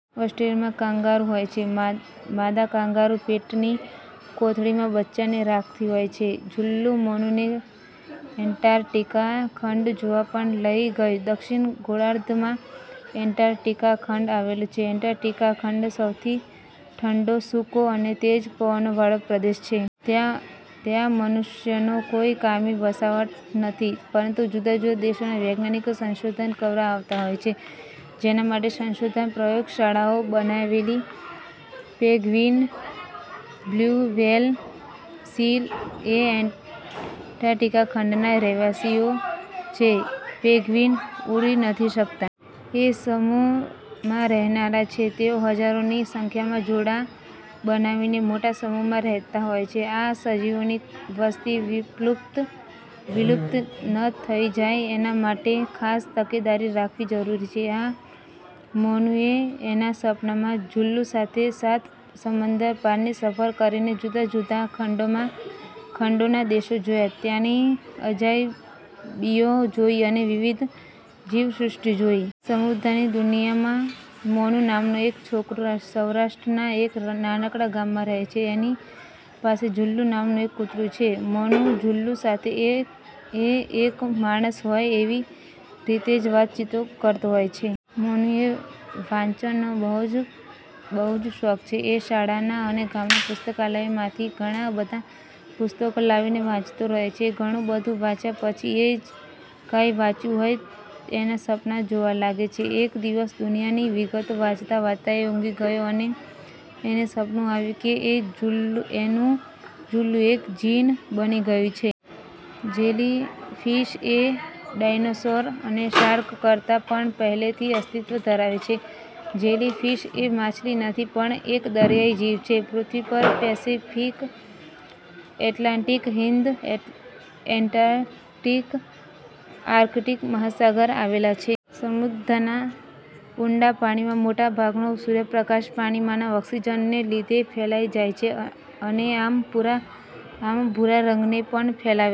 ઓસ્ટ્રેલીયામાં kangaroo હોય છે. માદા કાંગારૂ પેટની કોથળીમાં બચ્ચાને રાખતી હોય છે. જુલ્લુ મોનુને એન્ટારટીકા ખંડ જોવા પણ લઇ ગયું. દક્ષિણ ગોળાર્ધમાં એન્ટારટીકા ખંડ આવેલો છે. એન્ટારટીકા ખંડ સૌથી ઠંડો, સુકો અને તેજ પવનો વાળો પ્રદેશ છે. ત્યાં મનુષ્યોનો કોઈ કાયમી વસવાટ નથી. પરંતુ જુદા જુદા દેશોના વૈજ્ઞાનિકો સંશોધન કરવા આવતા હોય છે જેના માટે સંશોધન પ્રયોગશાળાઓ બનાવેલી છે. પેંગ્વિન, બ્લ્યુ વ્હેલ, સીલ એ એન્ટારટીકા ખંડના રહેવાસીઓ છે. પેંગ્વિન ઉડી નથી શકતાં. એ સમૂહમાં રહેનારા છે. તેઓ હજારોની સંખ્યામાં જોડાં બનાવીને મોટા સમૂહમાં રહેતાં હોય છે. આ સજીવોની વસ્તી વિલુપ્ત ન થઇ જાય એના માટે ખાસ તકેદારી રાખવી જરૂરી છે. આમ મોનુએ એના સપનામાં જુલ્લુ સાથે સાત સમંદર પારની સફર કરીને જુદા જુદા ખંડોના દેશો જોયા, ત્યાંની અજાયબીઓ જોઈ અને વિવિધ જીવસૃષ્ટિ જોઈ. સમુદ્રની દુનિયામાં મોનુ નામનો એક છોકરો સૌરાષ્ટ્રના એક નાનકડા ગામમાં રહે છે. એની પાસે જુલ્લુ નામનું એક કૂતરું છે. મોનુ જુલ્લુ સાથે એ એક માણસ હોય એવી રીતે જ વાતચીત કરતો હોય છે. મોનુને વાંચનનો બહુ જ શોખ છે. એ શાળાના અને ગામના પુસ્તકાલયમાંથી ઘણાં બધાં પુસ્તકો લાવીને વાંચતો રહે છે. ઘણું બધું વાંચ્યા પછી એ જે કાંઈ વાંચ્યું હોય એનાં સપનાં જોવા લાગે છે. એક દિવસ દુનિયાની વિગતો વાંચતાં વાંચતાં એ ઊંઘી ગયો અને એને સપનું આવ્યું કે એનું જુલ્લુ એક જીન બની ગયું છે! જેલી ફીશ એ ડાઇનોસોર અને શાર્ક કરતાં પણ પહેલેથી અસ્તિત્વ ધરાવે છે. જેલી ફીશ એ માછલી નથી પણ એક દરિયાઈ જીવ છે. પૃથ્વી પર Pacific, Atlantic, Hind, Antarctic, Arctic મહાસાગર આવેલા છે. સમુદ્રના ઊંડા પાણીમાં મોટા ભાગનો સૂર્યપ્રકાશ પાણીમાંના ઓક્સીજનને લીધે ફેલાઈ જાય છે અને આમ ભૂરા રંગને પણ ફેલાવે છે.